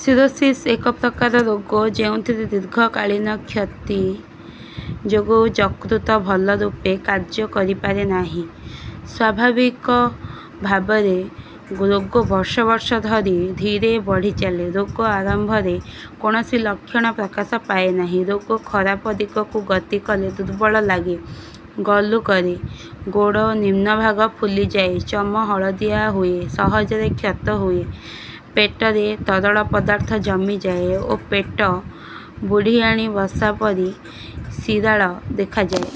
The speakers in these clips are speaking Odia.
ସିରୋସିସ୍ ଏକ ପ୍ରକାର ରୋଗ ଯେଉଁଥିରେ ଦୀର୍ଘକାଳୀନ କ୍ଷତି ଯୋଗୁ ଯକୃତ ଭଲ ରୂପେ କାର୍ଯ୍ୟ କରିପାରେ ନାହିଁ। ସ୍ୱାଭାବିକ ଭାବରେ ରୋଗ ବର୍ଷ ବର୍ଷ ଧରି ଧୀରେ ବଢ଼ିଚାଲେ। ରୋଗ ଆରମ୍ଭରେ କୋଣସି ଲକ୍ଷଣ ପ୍ରକାଶ ପାଏନାହିଁ। ରୋଗ ଖରାପ ଦିଗକୁ ଗତି କଲେ ଦୁର୍ବଳ ଲାଗେ ଗଲୁ କରେ ଗୋଡ଼ ନିମ୍ନଭାଗ ଫୁଲିଯାଏ ଚମ ହଳଦିଆ ହୁଏ ସହଜରେ କ୍ଷତ ହୁଏ ପେଟରେ ତରଳ ପଦାର୍ଥ ଜମିଯାଏ ଓ ପେଟ ବୁଢ଼ିଆଣି ବସା ପରି ଶିରାଳ ଦେଖାଯାଏ।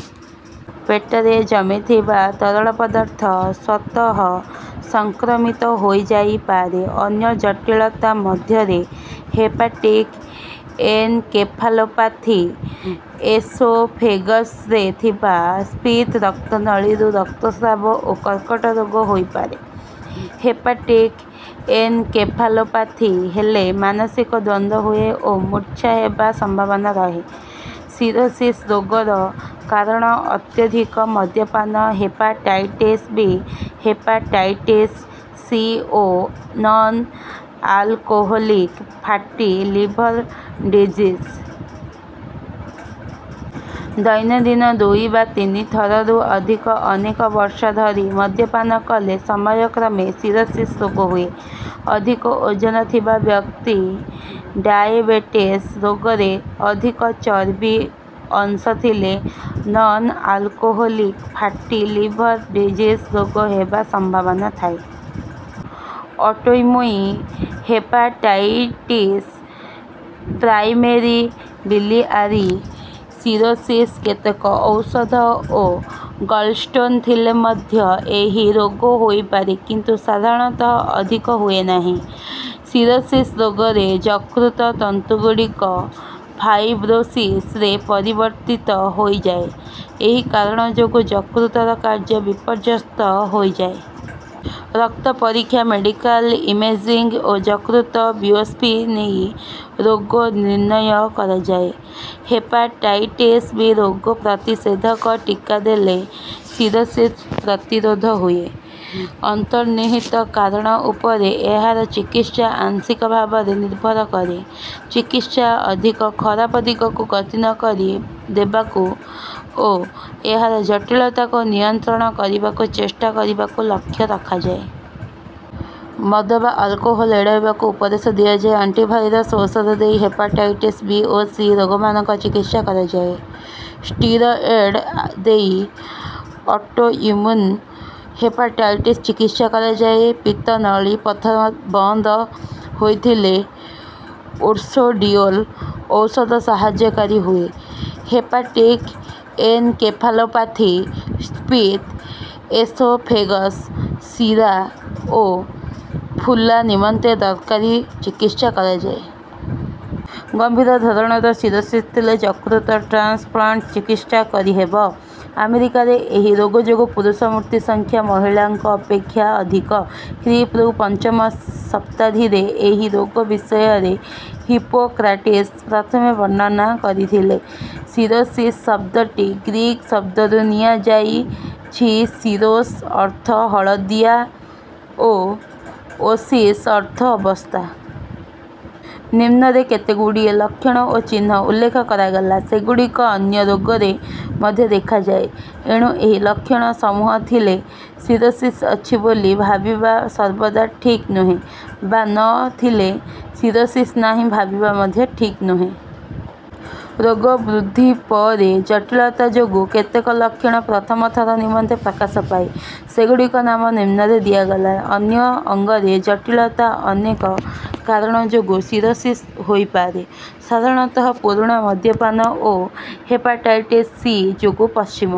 ପେଟରେ ଜମିଥିବା ତରଳ ପଦାର୍ଥ ସ୍ୱତଃ ସଂକ୍ରମିତ ହୋଇଯାଇପାରେ। ଅନ୍ୟ ଜଟିଳତା ମଧ୍ୟରେ ହେପାଟିକ ଏନକେଫାଲୋପାଥି ଏସୋଫେଗସରେ ଥିବା ସ୍ଫିତ ରକ୍ତନଳୀରୁ ରକ୍ତସ୍ରାବ ଓ କର୍କଟ ରୋଗ ହୋଇପାରେ। ହେପାଟିକ ଏନକେଫାଲୋପାଥି ହେଲେ ମାନସିକ ଦ୍ୱନ୍ଦ ହୁଏ ଓ ମୂର୍ଚ୍ଛା ହେବା ସମ୍ଭାବନା ରହେ। ସିରୋସିସ୍ ରୋଗର କାରଣ ଅତ୍ୟଧିକ ମଦ୍ୟପାନ ହେପାଟାଇଟିସ ବି ହେପାଟାଇଟିସ ସି ଓ non alcoholic fatty liver disease. ଦୈନନ୍ଦିନ ଦୁଇ ବା ତିନି ଥରରୁ ଅଧିକ ଅନେକ ବର୍ଷ ଧରି ମଦ୍ୟପାନ କଲେ ସମୟକ୍ରମେ ସିରୋସିସ୍ ରୋଗ ହୁଏ। ଅଧିକ ଓଜନ ଥିବା ବ୍ୟକ୍ତି ଡାଏବିଟିସ ରୋଗରେ ଅଧିକ ଚର୍ବି ଅଂଶଥିଲେ non alcoholic fatty liver disease ରୋଗ ହେବା ସମ୍ଭାବନା ଥାଏ। Autoimmune hepatitis primary biliary cirrhosis କେତେକ ଔଷଧ ଓ ଗଲସ୍ଟୋନ ଥିଲେ ମଧ୍ୟ ଏହି ରୋଗ ହୋଇପାରେ କିନ୍ତୁ ସାଧାରଣତଃ ଅଧିକ ହୁଏ ନାହିଁ। ସିରୋସିସ୍ ରୋଗରେ ଯକୃତ ତନ୍ତୁଗୁଡ଼ିକ ଫାଇବ୍ରୋସିସରେ ପରିବର୍ତ୍ତିତ ହୋଇଯାଏ। ଏହି କାରଣ ଯୋଗୁ ଯକୃତର କାର୍ଯ୍ୟ ବିପର୍ଯ୍ୟସ୍ତ ହୋଇଯାଏ। ରକ୍ତ ପରୀକ୍ଷା ମେଡିକାଲ ଇମେଜିଙ୍ଗ ଓ ଯକୃତ ବାୟୋପ୍ସି ନେଇ ରୋଗ ନିର୍ଣ୍ଣୟ କରାଯାଏ। ହେପାଟାଇଟିସ ବି ରୋଗ ପ୍ରତିଷେଧକ ଟିକା ଦେଲେ ସିରୋସିସ ପ୍ରତିରୋଧ ହୁଏ। ଅନ୍ତର୍ନିହିତ କାରଣ ଉପରେ ଏହାର ଚିକିତ୍ସା ଆଂଶିକ ଭାବରେ ନିର୍ଭର କରେ। ଚିକିତ୍ସା ଅଧିକ ଖରାପ ଦିଗକୁ ଗତି ନ କରି ଦେବାକୁ ଓ ଏହାର ଜଟିଳତାକୁ ନିୟନ୍ତ୍ରଣ କରିବାକୁ ଚେଷ୍ଟା କରିବାକୁ ଲକ୍ଷ ରଖାଯାଏ। ମଦ ବା ଆଲକୋହୋଲ ଏଡ଼େଇବାକୁ ଉପଦେଶ ଦିଆଯାଏ। ଆଣ୍ଟିଭାଇରସ ଔଷଧ ଦେଇ ହେପାଟାଇଟିସ ବି ଓ ସି ରୋଗମାନଙ୍କ ଚିକିତ୍ସା କରାଯାଏ। ସ୍ଟିରଏଡ ଦେଇ ଅଟୋଇମ୍ମ୍ୟୁନ ହେପାଟାଇଟିସ ଚିକିତ୍ସା କରାଯାଏ। ପିତ୍ତନଳୀ ପଥ ବନ୍ଦ ହୋଇଥିଲେ ଉର୍ସୋଡିଓଲ ଔଷଧ ସାହାଯ୍ୟକାରୀ ହୁଏ। ହେପାଟିକ ଏନକେଫାଲୋପାଥି ସ୍ଫିତ ଏସୋଫେଗସ ଶିରା ଓ ଫୁଲା ନିମନ୍ତେ ଦରକାରୀ ଚିକିତ୍ସା କରାଯାଏ। ଗମ୍ଭୀର ଧରଣର ସିରୋସିସ୍ ଥିଲେ ଯକୃତ ଟ୍ରାନ୍ସପ୍ଲାଣ୍ଟ ଚିକିତ୍ସା କରିହେବ। ଆମେରିକାରେ ଏହି ରୋଗ ଯୋଗୁ ପୁରୁଷ ମୃତ୍ୟୁ ସଂଖ୍ୟା ମହିଳାଙ୍କ ଅପେକ୍ଷା ଅଧିକ। ଖ୍ରୀପୂ ପଞ୍ଚମ ଶତାବ୍ଦୀରେ ଏହି ରୋଗ ବିଷୟରେ ହିପୋକ୍ରାଟିସ ପ୍ରଥମେ ବର୍ଣ୍ଣନା କରିଥିଲେ। ସିରୋସିସ ଶବ୍ଦଟି ଗ୍ରୀକ ଶବ୍ଦରୁ ନିଆଯାଇଛିସିରୋସ ଅର୍ଥ ହଳଦିଆ ଓ ଓସିସ ଅର୍ଥ ଅବସ୍ଥା। ନିମ୍ନରେ କେତେଗୁଡିଏ ଲକ୍ଷଣ ଓ ଚିହ୍ନ ଉଲ୍ଲେଖ କରାଗଲା। ସେଗୁଡିକ ଅନ୍ୟ ରୋଗରେ ମଧ୍ୟ ଦେଖାଯାଏ। ଏଣୁ ଏହି ଲକ୍ଷଣ ସମୂହ ଥିଲେ ସିରୋସିସ୍ ଅଛି ବୋଲି ଭାବିବା ସର୍ବଦା ଠିକ୍ ନୁହେଁ ବା ନ ଥିଲେ ସିରୋସିସ୍ ନାହିଁ ଭାବିବା ମଧ୍ୟ ଠିକ ନୁହେଁ। ରୋଗ ବୃଦ୍ଧି ପରେ ଜଟୀଳତା ଯୋଗୁ କେତେକ ଲକ୍ଷଣ ପ୍ରଥମ ଥର ନିମନ୍ତେ ପ୍ରକାଶ ପାଏ। ସେଗୁଡିକ ନାମ ନିମ୍ନରେ ଦିଆଗଲା। ଅନ୍ୟ ଅଙ୍ଗରେ ଜଟୀଳତା ଅନେକ କାରଣ ଯୋଗୁ ସିରୋସିସ୍ ହୋଇପାରେ। ସାଧାରଣତଃ ପୁରୁଣା ମଦ୍ୟପାନ ଓ ହେପାଟାଇଟିସ୍ ସି ଯୋଗୁ ପଶ୍ଚିମ